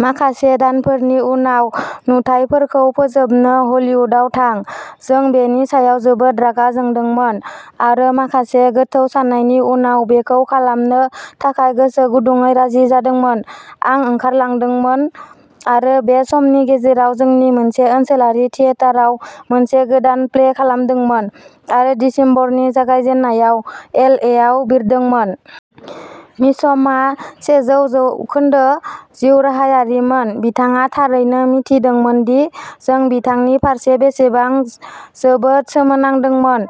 माखासे दानफोरनि उनाव नुथाइफोरखौ फोजोबनो हलीवुडआव थां। जों बेनि सायाव जोबोद रागा जोंदोंमोन आरो माखासे गोथौ साननायनि उनाव, बेखौ खालामनो थाखाय गोसो गुदुंयै राजि जादोंमोन। आं ओंखारलांदोंमोन आरो बे समनि गेजेराव जोंनि मोनसे ओनसोलारि थियेटारआव मोनसे गोदान प्ले खालामदोंमोन आरो दिसेम्बरनि जागायजेन्नायाव एल ए आव बिरदोंमोन। मिचमआ सेजौ जौखोन्दो जिउराहायारिमोन। बिथाङा थारैनो मिथिदोंमोन दि जों बिथांनि फारसे बेसेबां जोबोद सोमोनांदोंमोन,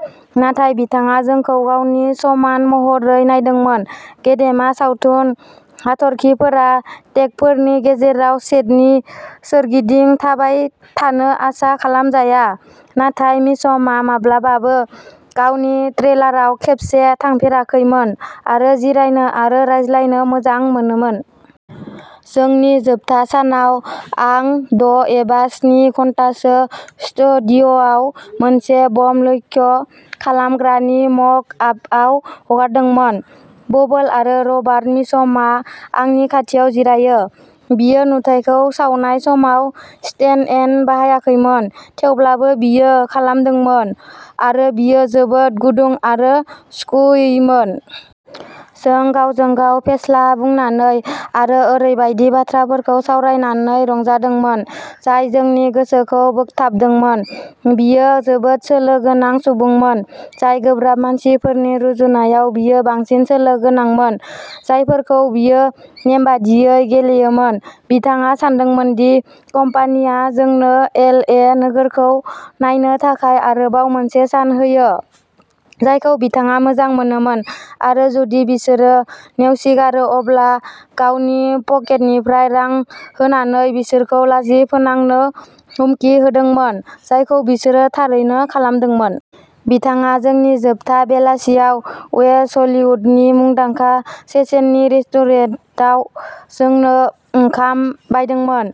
नाथाय बिथाङा जोंखौ गावनि समान महरै नायदोंमोन। गेदेमा सावथुन हाथरखिफोरा टेकफोरनि गेजेराव सेटनि सोरगिदिं थाबाय थानो आसा खालामजाया, नाथाय मिचमआ माब्लाबाबो गावनि ट्रेलाराव खेबसे थांफेराखैमोन आरो जिरायनो आरो रायज्लायनो मोजां मोनोमोन। जोंनि जोबथा सानाव आं द' एबा स्नि घन्टासो स्टुडिय'आव मोनसे बम लक्ष्य खालामग्रानि मक आपआव हगारदोंमोन। बबोल आरो रबार्ट मिचमआ आंनि खाथियाव जिरायो। बियो नुथाइखौ सावनाय समाव स्टेन्ड एन बाहायाखैमोन, थेवब्लाबो बियो खालामदोंमोन, आरो बेयो जोबोद गुदुं आरो सुखुयैमोन। जों गावजों-गाव फेस्ला बुंनानै आरो ओरैबायदि बाथ्राफोरखौ सावरायनानै रंजादोंमोन जाय जोंनि गोसोखौ बोगथाबदोंमोन। बियो जोबोद सोलो गोनां सुबुंमोन जाय गोब्राब मानसिफोरनि रुजुनायाव बियो बांसिन सोलो गोनांमोन, जायफोरखौ बियो नेमबादियै गेलेयोमोन। बिथाङा सानदोंमोन दि कम्पानिया जोंनो एल ए नोगोरखौ नायनो थाखाय आरोबाव मोनसे सान होयो, जायखौ बिथाङा मोजां मोनोमोन, आरो जुदि बिसोरो नेवसिगारो अब्ला गावनि पकेटनिफ्राय रां होनानै बिसोरखौ लाजि फोनांनो हुमखि होदोंमोन जायखौ बिसोरो थारैनो खालामदोंमोन। बिथाङा जोंनि जोबथा बेलासियाव वेस्ट हलीवुडनि मुंदांखा चेसेननि रेस्टुरेन्टाव जोंनो ओंखाम बायदोंमोन।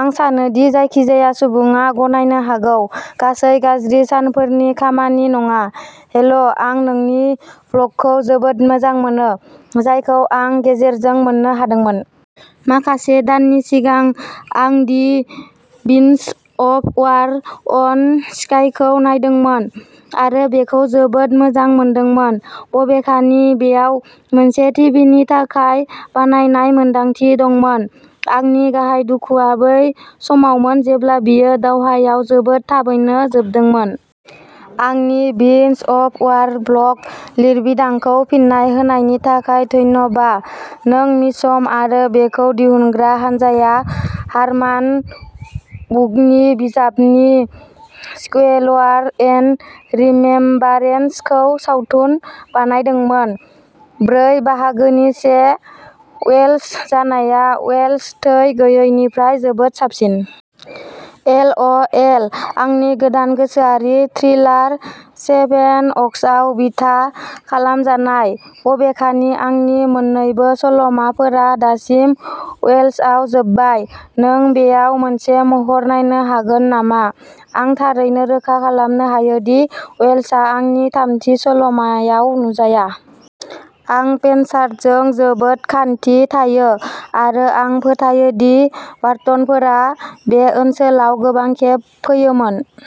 आं सानो दि जायखिजाया सुबुङा गनायनो हागौ, गासै गाज्रि सानफोरनि खामानि नङा, हेल' आं नोंनि ब्लगखौ जोबोद मोजां मोनो, जायखौ आं गेजेरजों मोननो हादोंमोन। माखासे दाननि सिगां आं the winds of war on स्काइखौ नायदोंमोन आरो बेखौ जोबोद मोजां मोनदोंमोन, बबेखानि बेयाव मोनसे टिभिनि थाखाय बानायनाय मोनदांथि दंमोन। आंनि गाहाय दुखुआ बै समावमोन जेब्ला बेयो दावहायाव जोबोद थाबैनो जोबदोंमोन। आंनि विन्डस अफ वार ब्लग लिरबिदांखौ फिन्नाय होनायनि थाखाय धन्यबा। नों मिचम आरो बेखौ दिहुनग्रा हानजाया हारमान वुकनि बिजाबनि सिक्वेल'वार एन्ड रिमेम्बारेन्स खौ सावथुन बानायदोंमोन। ब्रै बाहागोनि से वेल्श जानाया वेल्श थै गैयैनिफ्राय जोबोद साबसिन। एल अ एल, आंनि गोदान गोसोआरि थ्रिलार सेभेनअक्सआव बिथा खालामजानाय। बबेखानि, आंनि मोन्नैबो सल'माफोरा दासिम वेल्सआव जोबबाय। नों बेयाव मोनसे महर नायनो हागोन नामा? आं थारैनो रोखा खालामनो हायो दि वेल्सआ आंनि थामथि सल'मायाव नुजाया। आं पेनशार्टजों जोबोद खान्थि थायो आरो आं फोथायो दि बार्टनफोरा बे ओनसोलाव गोबां खेब फैयोमोन।